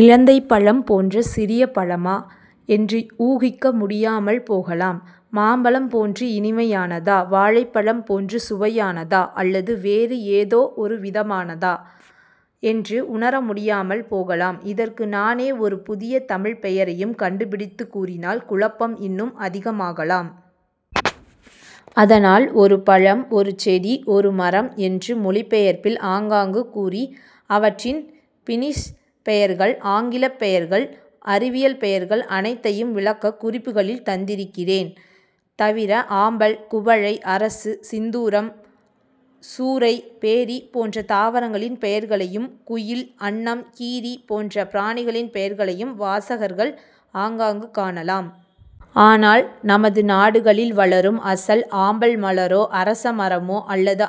இலந்தைப்பழம் போன்ற சிறிய பழமா? என்று ஊகிக்க முடியாமல் போகலாம். மாம்பழம் போன்று இனிமையானதா? வாழைப்பழம் போன்று சுவையானதா? அல்லது வேறு ஏதோ ஒரு விதமானதா? என்று உணர முடியாமல் போகலாம். இதற்கு நானே ஒரு புதிய தமிழ்ப் பெயரையும் கண்டுப்பிடித்துக் கூறினால் குழப்பம் இன்னும் அதிகமாகலாம். அதனால் ஒரு பழம் ஒரு செடி ஒரு மரம் என்று மொழிபெயர்ப்பில் ஆங்காங்கு கூறி அவற்றின் பின்னிஷ் பெயர்கள் ஆங்கிலப் பெயர்கள் அறிவியல் பெயர்கள் அனைத்தையும் விளக்கக் குறிப்புகளில் தந்திருக்கிறேன். தவிர ஆம்பல் குவளை அரசு சிந்தூரம் சூரை பேரி போன்ற தாவரங்களின் பெயர்களையும் குயில் அன்னம் கீரி போன்ற பிராணிகளின் பெயர்களையும் வாசகர்கள் ஆங்காங்கு காணலாம். ஆனால் நமது நாடுகளில் வளரும் அசல் ஆம்பல் மலரோ அரச மரமோ அல்லது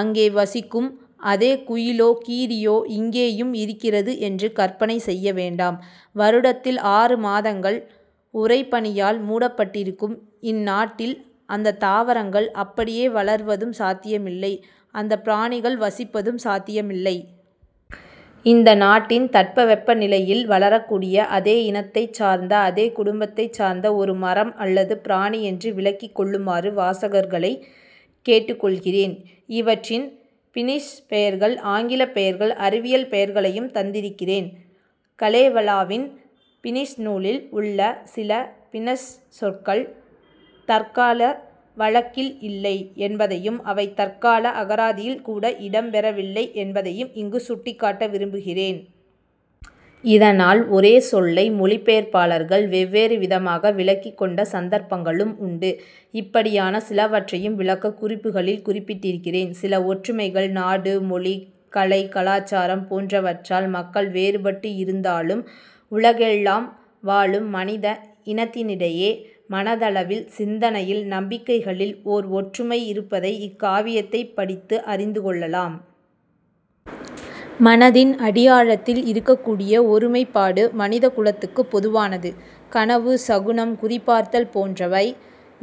அங்கே வசிக்கும் அதே குயிலோ கீரியோ இங்கேயும் இருக்கிறது என்று கற்பனை செய்ய வேண்டாம். வருடத்தில் ஆறு மாதங்கள் உறைபனியால் மூடப்பட்டிருக்கும் இந்நாட்டில் அந்தத் தாவரங்கள் அப்படியே வளர்வதும் சாத்தியமில்லை அந்த பிராணிகள் வசிப்பதும் சாத்தியமில்லை. இந்த நாட்டின் தட்பவெப்ப நிலையில் வளரக் கூடிய அதே இனத்தைச் சார்ந்த அதே குடும்பத்தைச் சார்ந்த ஒரு மரம் அல்லது பிராணி என்று விளங்கிக் கொள்ளுமாறு வாசகர்களைக் கேட்டுக் கொள்கிறேன். இவற்றின் பின்னிஷ் பெயர்கள் ஆங்கிலப் பெயர்கள் அறிவியல் பெயர்களையும் தந்திருக்கிறேன். கலேவலாவின் பின்னிஷ் நூலில் உள்ள சில பின்னஷ் சொற்கள் தற்கால வழக்கில் இல்லை என்பதையும் அவை தற்கால அகராதிகளில் கூட இடம் பெறவில்லை என்பதையும் இங்குச் சுட்டிக் காட்ட விரும்புகிறேன். இதனால் ஒரே சொல்லை மொழிபெயர்ப்பாளர்கள் வெவ்வேறு விதமாக விளங்கிக் கொண்ட சந்தர்ப்பங்களும் உண்டு. இப்படியான சிலவற்றையும் விளக்கக் குறிப்புகளில் குறிப்பிட்டிருக்கிறேன். சில ஒற்றுமைகள் நாடு மொழி கலை கலாசாரம் போன்றவற்றால் மக்கள் வேறுபட்டு இருந்தாலும் உலகெல்லாம் வாழும் மனித இனத்திடையே மனத்தளவில் சிந்தனையில் நம்பிக்கைகளில் ஓர் ஒற்றுமை இருப்பதை இக்காவியத்தைப் படித்து அறிந்து கொள்ளலாம். மனத்தின் அடியாழத்தில் இருக்கக்கூடிய ஒருமைப்பாடு மனிதக் குலத்துக்குப் பொதுவானது. கனவு சகுனம் குறி பார்த்தல் போன்றவை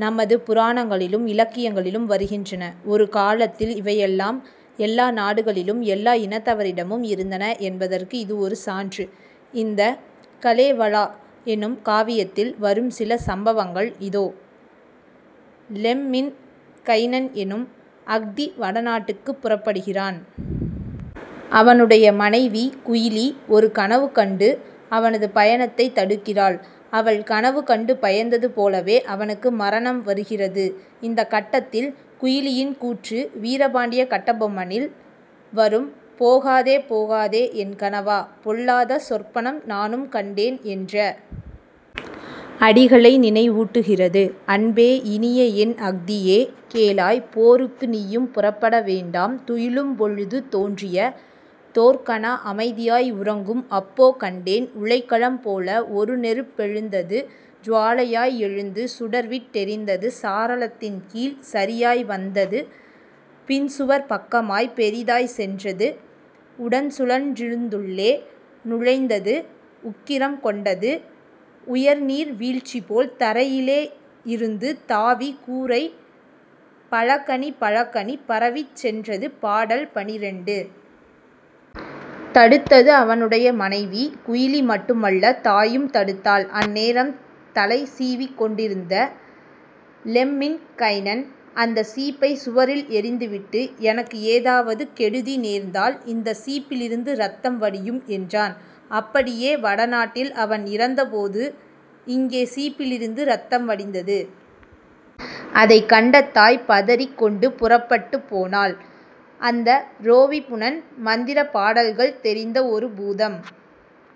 நமது புராணங்களிலும் இலக்கியங்களிலும் வருகின்றன. ஒரு காலத்தில் இவையெல்லாம் எல்லா நாடுகளிலும் எல்லா இனத்தவரிடமும் இருந்தன என்பதற்கு இது ஒரு சான்று. இந்தக் கலேவலா என்னும் காவியத்தில் வரும் சில சம்பவங்கள் இதோ லெம்மின்கைனன் என்னும் அஹ்தி வடநாட்டுக்குப் புறப்படுகிறான். அவனுடைய மனைவி குயிலி ஒரு கனவு கண்டு அவனது பயணத்தைத் தடுக்கிறாள். அவள் கனவு கண்டு பயந்தது போலவே அவனுக்கு மரணம் வருகிறது. இந்தக் கட்டத்தில் குயிலியின் கூற்று வீரபாண்டிய கட்டபொம்மனில் வரும் போகாதே போகாதே என் கணவா பொல்லாத சொற்பனம் நானும் கண்டேன் என்ற அடிகளை நினைவூட்டுகிறது அன்பே இனியஎன் அஹ்தியே கேளாய் போருக்கு நீயும் புறப்பட வேண்டாம் துயிலும் பொழுது தோன்றிய தோர்கனா அமைதியாய் உறங்கும் அப்போ கண்டேன் உலைக்களம் போல ஒருநெருப் பெழுந்தது சுவாலையாய் எழுந்து சுடர்விட் டெரிந்தது சாளரத் தின்கீழ் சரியாய் வந்தது பின்சுவர்ப் பக்கமாய்ப் பெரிதாய்ச் சென்றது உடன்சுழன் றங்கிருந் துள்ளே நுழைந்தது உக்கிரம் கொண்டது உயர்நீர் வீழ்ச்சிபோல் தரையிலே இருந்து தாவிக் கூரை பலகணி பலகணி பரவிச் சென்றது பாடல் பன்னிரண்டு. தடுத்தது அவனுடைய மனைவி குயிலி மட்டுமல்ல தாயும் தடுத்தாள். அந்நேரம் தலை சீவிக் கொண்டிருந்த லெம்மின்கைனன் அந்தச் சீப்பைச் சுவரில் எறிந்துவிட்டு எனக்கு ஏதாவது கெடுதி நேர்ந்தால் இந்த சீப்பிலிருந்து இரத்தம் வடியும் என்றான். அப்படியே வடநாட்டில் அவன் இறந்தபோது இங்கே சீப்பிலிருந்து இரத்தம் வடிந்தது. அதைக் கண்ட தாய் பதறிக் கொண்டு புறப்பட்டுப் போனாள். அந்தரோ விபுனன் மந்திரப் பாடல்கள் தெரிந்த ஒரு பூதம்.